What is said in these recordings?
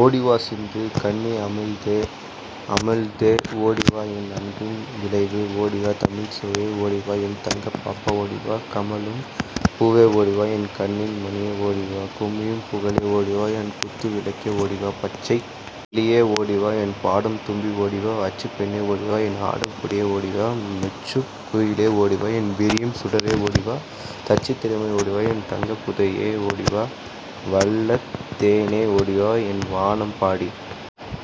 ஓடி வா சிந்து கண்ணி அமிழ்தே அமிழ்தே ஓடிவா என் அன்பின் விளைவே ஓடிவா தமிழின் சுவையே ஓடிவா என் தங்கப் பாப்பா ஓடிவா கமழும் பூவே ஓடிவா என் கண்ணின் மணியே ஓடிவா குமியும் புகழே ஓடிவா என் குத்து விளக்கே ஓடிவா பச்சைக் கிளியே ஓடிவா என் பாடும் தும்பி ஓடிவா அச்சுப் பெண்ணே ஓடிவா என் ஆடும் கொடியே ஓடிவா மெச்சும் குயிலே ஓடிவா என் விரியும் சுடரே ஓடிவா தச்சுத் திறமை ஓடிவா என் தங்கப் புதையே ஓடிவா வள்ளத் தேனே ஓடிவா என் வானம் பாடி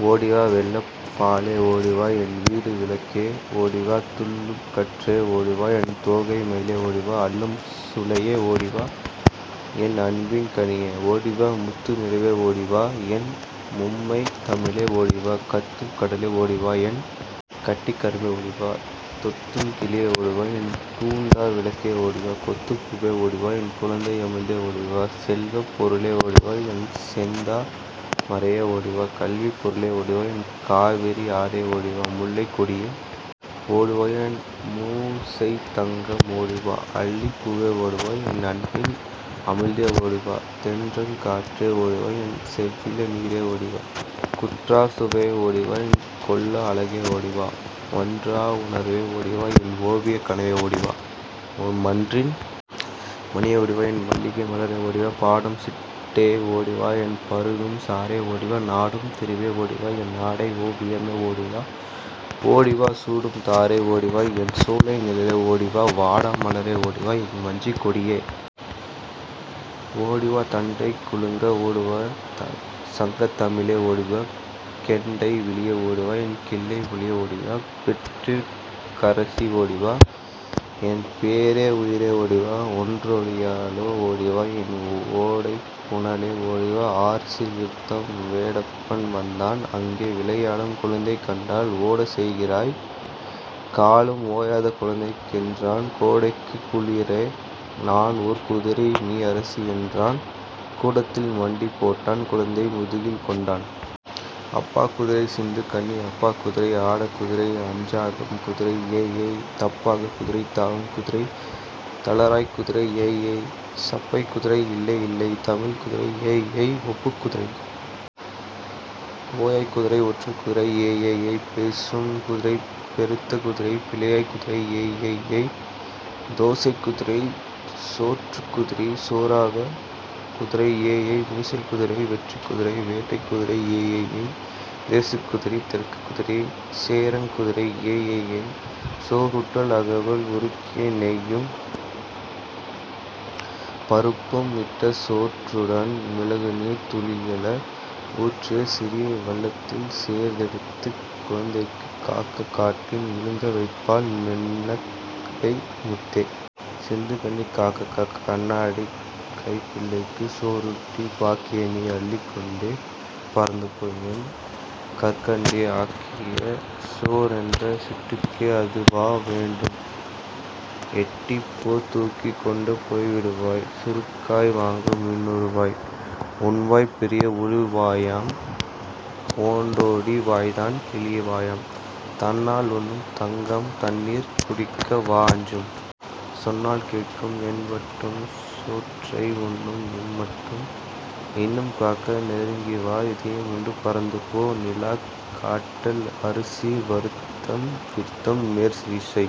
ஓடிவா வெள்ளப் பாலே ஓடிவா என் வீட்டு விளக்கே ஓடிவா துள்ளும் கன்றே ஓடிவா என் தோகை மயிலே ஓடிவா அள்ளும் சுளையே ஓடிவா என் அன்பின் கனியே ஓடிவா முத்து நிலாவே ஓடிவா என் மும்மைத் தமிழே ஓடிவா கத்தும் கடலே ஓடிவா என் கட்டிக் கரும்பே ஓடிவா தொத்தும் கிளியே ஓடிவா என் தூண்டா விளக்கே ஓடிவா கொத்துப் பூவே ஓடிவா என் குழந்தை அமிழ்தே ஓடிவா செல்வப் பொருளே ஓடிவா என் செந்தா மரையே ஓடிவா கல்விப் பொருளே ஓடிவா என் காவிரி ஆறே ஓடிவா முல்லைக் கொடியே ஓடிவா என் மூசைத் தங்கம் ஓடிவா அல்லிப் பூவே ஓடிவா என் அன்பின் அமிழ்தே ஓடிவா தென்றற் காற்றே ஓடிவா என் செவ்விள நீரே ஓடிவா குன்றாச் சுவையே ஓடிவா என் கொள்ளா அழகே ஓடிவா ஒன்றா உணர்வே ஓடிவா-என் ஓவியக் கனவே ஓடிவா மன்றின் மணியே ஓடிவா என் மல்லிகை மலரே ஓடிவா பாடும் சிட்டே ஓடிவா என் பருகும் சாறே ஓடிவா நாடும் திருவே ஓடிவா என் நடைஓ வியமே ஓடிவா சூடும் தாரே ஓடிவா என் சோலை நிழலே ஓடிவா வாடா மலரே ஓடிவா என் வஞ்சிக் கொடியே ஓடிவா தண்டை குலுங்க ஓடிவா என் சங்கத் தமிழே ஓடிவா கெண்டை விழியே ஓடிவா என் கிள்ளை மொழியே ஓடிவா பெண்டிர்க் கரசி ஓடிவா என் பேறே உயிரே ஓடிவா ஒண்டொடியாளே ஓடிவா என் ஓடைப் புனலே ஓடிவா அறுசீர் விருத்தம் வேடப்பன் வந்தான் அங்கே விளையாடும் குழந்தை கண்டான் ஓடச்செய்கின்றாய் காலும் ஓயாதோ குழந்தைக் கென்றான் கோடைக்குக் குளிரே நான் ஓர் குதிரை நீஅரசி என்றான் கூடத்தில் மண்டி போட்டான் குழந்தையை முதுகில் கொண்டான். அப்பாக் குதிரை சிந்துக் கண்ணி அப்பாக் குதிரை ஆட்டக் குதிரை அஞ்சாக் குதிரை ஏய் ஏய் ஏய் தப்பாக் குதிரை தாவும் குதிரை தளராக் குதிரை ஏய் ஏய் ஏய் சப்பைக் குதிரை இல்லை இல்லை தமிழக் குதிரை ஏய் ஏய் ஏய் ஒப்பும் குதிரை ஓயாக் குதிரை ஒற்றைக் குதிரை ஏய் ஏய் ஏய் பேசும் குதிரை பெருத்த குதிரை பிழையாக் குதிரை ஏய் ஏய் ஏய் தோசைக் குதிரை சோற்றுக் குதிரை சோராக் குதிரை ஏய் ஏய் ஏய் மீசைக் குதிரை வெற்றிக் குதிரை வேட்டைக் குதிரை ஏய் ஏய் ஏய் தேசுக் குதிரை தெற்குக் குதிரை சேரன் குதிரை ஏய் ஏய் ஏய் சோறூட்டல் அகவல் உருக்கிய நெய்யும் பருப்பும் இட்ட சோற்றுடன் மிளகுநீர் துளியள வூற்றிச் சிறிய வள்ளத்தில் சேர்த்தெ டுத்துக் குழந்தைக்குக் காக்கை காட்டி விழுங்க வைப்பாள் மென்னகை முத்தே. சிந்து கண்ணி காக்கா காக்கா கண்ணாட்டி கைப்பிள்ளைக்குச் சோறூட்டி பாக்கியை நீ அள்ளிக்கொண்டே பறந்துபோ என் கற்கண்டே. ஆக்கிய சோறென் சிட்டுக்கே அதுவா வேண்டும் எட்டிப்போ தூக்கிக் கொண்டா போய்விடுவாய் சுருக்காய் வாங்கும் இன்னொருவாய். உன்வாய் பெரிய ஒளிவாயாம் ஒண்டொடி வாய்தான் கிளிவாயாம் தன்னால்உண்ணும் என்தங்கம் தண்ணீர் குடிக்க வா அஞ்சும்? சொன்னால் கேட்கும் என்பட்டும் சோற்றை உண்ணும் இம் மட்டும் இன்னும் காக்கா நெருங்கிவா இதையும் உண்டு பறந்துபோ. நிலாக் காட்டல் அறுசீர் விருத்தம் மேற்றிசை